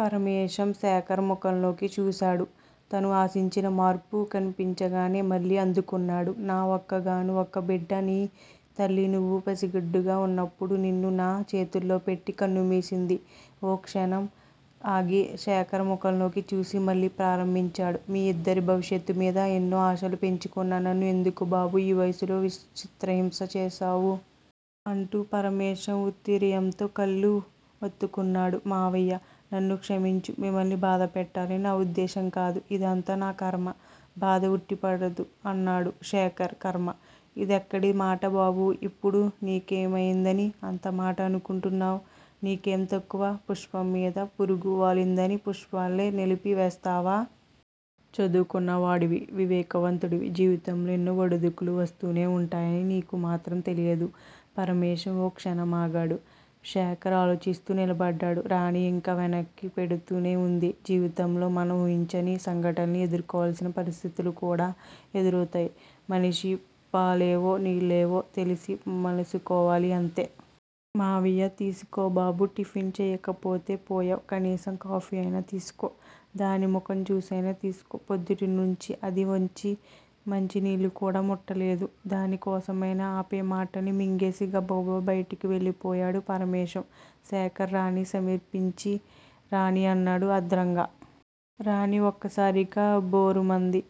పరమేశం శేఖర్ ముఖంలోకి చూశాడు. తను ఆశించిన మార్పు కన్పించగానే మళ్ళీ అందుకున్నాడు. నా ఒక్కగాను ఒక్క బిడ్డ. నీ తల్లి నువ్వు పసిగుడ్డుగా వున్నప్పుడు నిన్ను నా చేతుల్లోపెట్టి కన్నుమూసింది ఓ క్షణం ఆగి శేఖర్ ముఖంలోకి చూసి మళ్ళీ ప్రారంభించాడు. మీ ఇద్దరి భవిష్యత్తుమీద ఎన్నో ఆశలు పెంచుకున్న నన్ను ఎందుకు బాబూ, ఈ వయసులో చిత్రహింస చేసవూ? అంటూ పరమేశం ఉత్తరీయంతో కళ్ళు వత్తుకున్నాడు. మామయ్యా! నన్ను క్షమించు. మిమ్మల్ని బాధపెట్టాలని నా ఉద్దేశంకాదు. ఇదంతా నా కర్మ! బాధ ఉట్టిపడుతూ అన్నాడు శేఖర్. కర్మ! ఇదెక్కడి మాట బాబూ! ఇప్పుడు నీకేమయిందని అంత మాట అనుకుంటవు? నీకేం తక్కువ? పుష్పంమీద పురుగు వాలిందని పుష్పాన్నే నలిపి వేస్తామా? చదువుకున్నవాడివి. వివేకవంతుడివి. జీవితంలో ఎన్నో ఒడిదుడుకులు వస్తూనే వుంటాయని నీకు మాత్రం తెలియదూ? పరమేశం ఓ క్షణం ఆగాడు. శేఖర్ ఆలోచిస్తూ నిలబడ్డాడు. రాణి ఇంకా వెక్కిళ్ళు పెడుతూనే వుంది. జీవితంలో మనం ఊహించని సంఘటల్ని ఎదుర్కోవాల్సిన పరిస్థితులుకూడా ఎదురౌతాయ్. మనిషి, పాలేవో నీళ్ళేవో తెలిసి మసలుకోవాలి అంతే! మావయ్యా! తీసుకో బాబూ! టిఫిన్ చెయ్యకపోతే పోయావ్. కనీసం కాఫీ అయినా తీసుకో. దాని ముఖం చూసైనా తీసుకో. పొద్దుటినుంచి అది వచ్చి మంచినీళ్ళు కూడా ముట్టలేదు. దాని కోసమైనా ఆపై మాటల్ని మింగేసి గబగబా బయటి కెళ్ళిపోయాడు పరమేశం. శేఖర్ రాణిని సమీపించి రాణీ అన్నాడు ఆర్ద్రంగా. రాణి ఒక్కసారిగా బావురుమంది.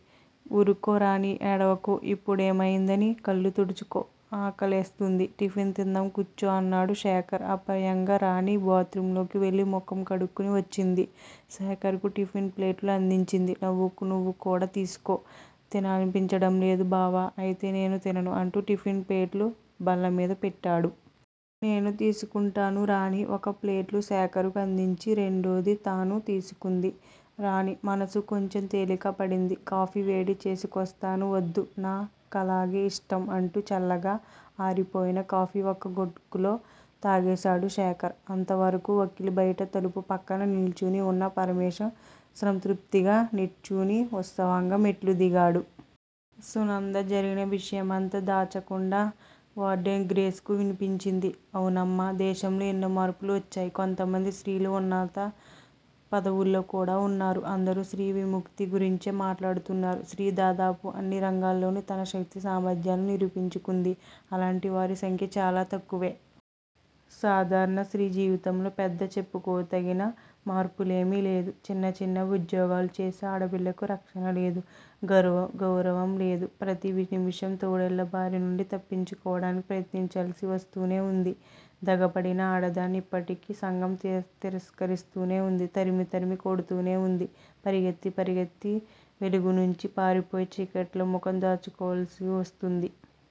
ఊరుకో రాణీ! ఏడవకు! ఇప్పుడేమయిందనీ? కళ్ళు తుడుచుకో. ఆకలేస్తూంది. టిఫిన్ తిందాం కూర్చో! అన్నాడు శేఖర్ ఆపయంగా. రాణి బాత్ రూంలోకి వెళ్ళి ముఖం కడుక్కుని వచ్చింది. శేఖర్ కు టిఫిన్ ప్లేటు అందించింది. నువ్వుకూడా తీసుకో! తినాలనిపించడంలేదు బావా! అయితే నేనూ తినను అంటూ టిఫిన్ ప్లేటు బల్లమీద పెట్టాడు. నేనూ తీసుకుంటాను రాణి ఒక ప్లేటు శేఖర్ కు అందించి రెండోది తను తీసుకుంది. రాణి మనసు కొంచెం తేలిక పడింది. కాఫీ వేడి చేసుకొస్తాను. వద్దు. నా కలాగే ఇష్టం! అంటూ చల్లగా ఆరిపోయిన కాఫీ ఒక్క గుక్కలో తాగేశాడు శేఖర్. అంతవరకూ వాకిలి బయట తలుపు పక్కగా నిల్చుని వున్న పరమేశం సంతృప్తిగా నిట్టూర్చి, ఉత్సాహంగా మెట్లుదిగాడు. సునంద జరిగిన విషయమంతా దాచకుండా వార్డెన్ గ్రేస్ కు వినిపించింది. అవునమ్మా! దేశంలో ఎన్నో మార్పులు వచ్చాయి. కొంతమంది స్త్రీలు ఉన్నత పదవుల్లో కూడా వున్నారు. అందరూ స్త్రీ విముక్తి గురించే మాట్లాడుతున్నారు. స్త్రీ దాదాపు అన్ని రంగాల్లోనూ తన శక్తి సామర్ధ్యాలను నిరూపించుకుంది. అలాంటి వారి సంఖ్య చాలా తక్కువే. సాధారణ స్త్రీ జీవితంలో పెద్ద చెప్పుకోతగిన మార్పేమీలేదు. చిన్న చిన్న ఉద్యోగాలు చేసే ఆడపిల్లలకు రక్షణలేదు. గౌరవంలేదు. ప్రతి నిముషం తోడేళ్ళ బారినుంచి తప్పించుకోవడానికి ప్రయత్నించాల్సి వస్తూనే వుంది. దగాపడిన ఆడదాన్ని ఇప్పటికీ సంఘం తిరస్కరిస్తూనే వుంది. తరిమి తరిమి కొడ్తూనే వుంది. పరిగెత్తి పరిగెత్తి వెలుగునుంచి పారిపోయి చీకట్లో ముఖం దాచుకోవాల్సి వస్తోంది.